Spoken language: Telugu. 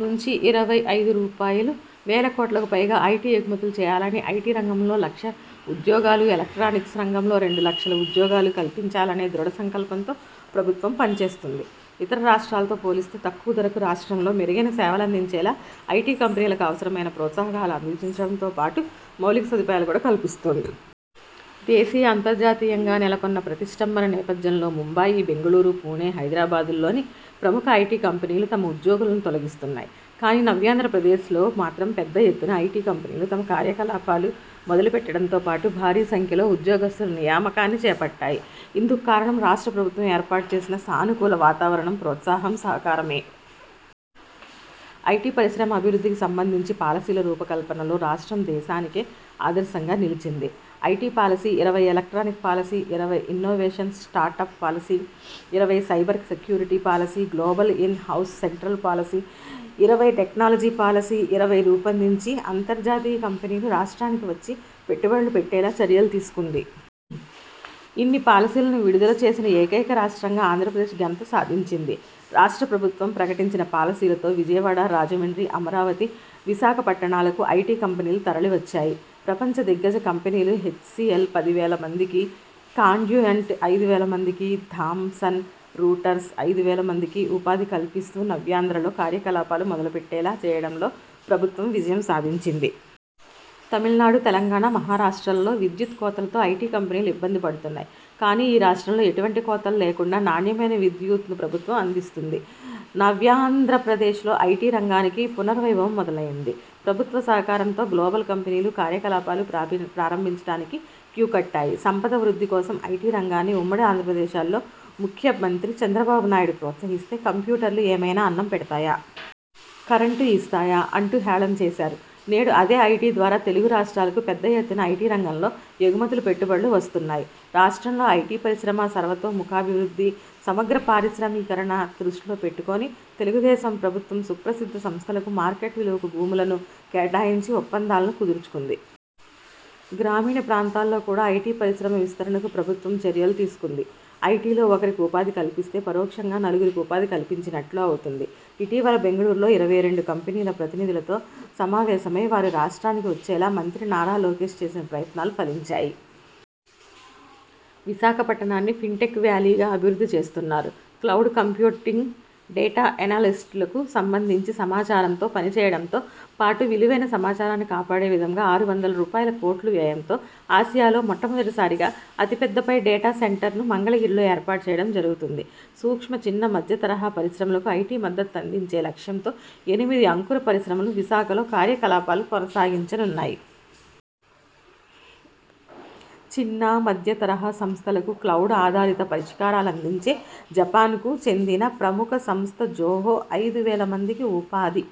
నుంచి ఇరవై ఐదు రూపాయలువేల కోట్లకు పైగా ఐటీ ఎగుమతులు చేయాలని, ఐటీ రంగంలో లక్ష ఉద్యోగాలు, ఎలక్ట్రానిక్స్ రంగంలో రెండు లక్షల ఉద్యోగాలు కల్పించాలనే దృఢ సంకల్పంతో ప్రభుత్వం పనిచేస్తోంది. ఇతర రాష్ట్రాలతో పోలిస్తే తక్కువ ధరకు రాష్ట్రంలో మెరుగైన సేవలందించేలా ఐటీ కంపెనీలకు అవసరమైన ప్రోత్సాహకాలు అందించడంతో పాటు మౌలిక సదుపాయాలు కూడా కల్పిస్తోంది. దేశీయ, అంతర్జాతీయంగా నెలకొన్న ప్రతిష్టంభన నేపథ్యంలో ముంబాయి, బెంగుళూరు, పూణె, హైదరాబాద్లోని ప్రముఖ ఐటీ కంపెనీలు తమ ఉద్యోగులను తొలగిస్తున్నాయి. కానీ నవ్యాంధ్రప్రదేశ్లో మాత్రం పెద్ద ఎత్తున ఐటీ కంపెనీలు తమ కార్యకలాపాలు మొదలుపెట్టడంతో పాటు భారీ సంఖ్యలో ఉద్యోగస్తుల నియామకాన్ని చేపట్టాయి. ఇందుకుకారణం రాష్ట్ర ప్రభుత్వం ఏర్పాటుచేసిన సానుకూల వాతావరణం, ప్రోత్సాహం సహకారమే. ఐటీ పరిశ్రమ అభివృద్ధికి సంబంధించి పాలసీల రూపకల్పనలో రాష్ట్రం దేశానికే ఆదర్శంగా నిలిచింది. ఐటీ పాలసీ –ఇరవై, ఎలక్ట్రానిక్ పాలసీ –ఇరవై, ఇన్నోవేషన్ స్టార్టప్ పాలసీ –ఇరవై, cyber security policy, global in house central policy –ఇరవై, టెక్నాలజీ పాలసీ –ఇరవై రూపొందించి అంతర్జాతీయ కంపెనీలు రాష్ట్రానికి వచ్చి పెట్టుబడులు పెట్టేలా చర్యలు తీసుకుంది. ఇన్ని పాలసీలను విడుదల చేసిన ఏకైక రాష్ట్రంగా ఆంధ్రప్రదేశ్ ఘనత సాధించింది. రాష్ట్ర ప్రభుత్వం ప్రకటించిన పాలసీలతో విజయవాడ, రాజమండ్రి, అమరావతి, విశాఖ పట్టణాలకు ఐటీ కంపెనీలు తరలివచ్చాయి. ప్రపంచ దిగ్గజ కంపెనీలు హెచ్సీఎల్ పదివేల మందికి, కాండ్యుయంట్ ఐదువేల మందికి, థామ్సన్ రూటర్స్ ఐదువేల మందికి ఉపాధి కల్పిస్తూ నవ్యాంధ్రలో కార్యకలాపాలు మొదలుపెట్టేలా చేయడంలో ప్రభుత్వం విజయం సాధించింది. తమిళనాడు, తెలంగాణ, మహారాష్ట్రలలో విద్యుత్ కోతలతో ఐటీ కంపెనీలు ఇబ్బంది పడుతున్నాయి. కానీ ఈ రాష్ట్రంలో ఎటువంటి కోతలు లేకుండా నాణ్యమైన విద్యుత్ను ప్రభుత్వం అందిస్తోంది. నవ్యాంధ్రప్రదేశ్లో ఐటీ రంగానికి పునర్వైభవం మొదలైంది. ప్రభుత్వ సహకారంతో గ్లోబల్ కంపెనీలు కార్యకలాపాలు ప్రారంభించడానికి క్యూ కట్టాయి. సంపద వృద్ధి కోసం ఐటీ రంగాన్ని ఉమ్మడి ఆంధ్రప్రదేశ్లో ముఖ్యమంత్రి చంద్రబాబునాయుడు ప్రోత్సహిస్తే కంప్యూటర్లు ఏమైనా అన్నం పెడతాయా? కరెంటు ఇస్తాయా? అంటూ హేళన చేశారు. నేడు అదే ఐటీ ద్వారా తెలుగు రాష్ట్రాలకు పెద్ద ఎత్తున ఐటీ రంగంలో ఎగుమతులు, పెట్టుబడులు వస్తున్నాయి. రాష్ట్రంలో ఐటీ పరిశ్రమ సర్వతోముఖాభివృద్ధి, సమగ్ర పారిశ్రామికీకరణ దృష్టిలో పెట్టుకొని తెలుగుదేశం ప్రభుత్వ సుప్రసిద్ధ సంస్థలకు మార్కెట్ విలువకు భూములను కేటాయించి ఒప్పందాలను కుదుర్చుకుంది. గ్రామీణ ప్రాంతాల్లో కూడా ఐటీ పరిశ్రమ విస్తరణకు ప్రభుత్వం చర్యలు తీసుకుంది. ఐటీలో ఒకరికి ఉపాధి కల్పిస్తే పరోక్షంగా నలుగురికి ఉపాధి కల్పించినట్లు అవుతుంది. ఇటీవల బెంగుళూరులో ఇరవై రెండు కంపెనీల ప్రతినిధులతో సమావేశమై వారు రాష్ట్రానికి వచ్చేలా మంత్రి నారా లోకేశ్ చేసిన ప్రయత్నాలు ఫలించాయి. విశాఖపట్టణాన్ని ఫిన్టెక్ వ్యాలీగా అభివృద్ధి చేస్తున్నారు. క్లౌడ్ కంప్యూటింగ్, డేటా ఎనలిస్ట్లకు సంబంధించి సమాచారంతో పనిచేయడంతో పాటు విలువైన సమాచారాన్ని కాపాడే విధంగా ఆరు వందల రూపాయలుకోట్ల వ్యయంతో ఆసియాలోనే మొట్టమొదటిసారిగా అతి పెద్ద పై డేటా సెంటర్ను మంగళగిరిలో ఏర్పాటు చేయడం జరుగుతుంది. సూక్ష్మ, చిన్న, మధ్యతరహా పరిశ్రమలకు ఐటీ మద్దతు అందించే లక్ష్యంతో ఎనిమిది అంకుర పరిశ్రమలు విశాఖలో కార్యకలాపాలు కొనసాగించనున్నాయి. చిన్న, మధ్య తరహా సంస్థలకు క్లౌడ్ ఆధారిత పరిష్కారాలందించే జపాన్కు చెందిన ప్రముఖ సంస్థ జోహో ఐదు వేల మందికి ఉపాధి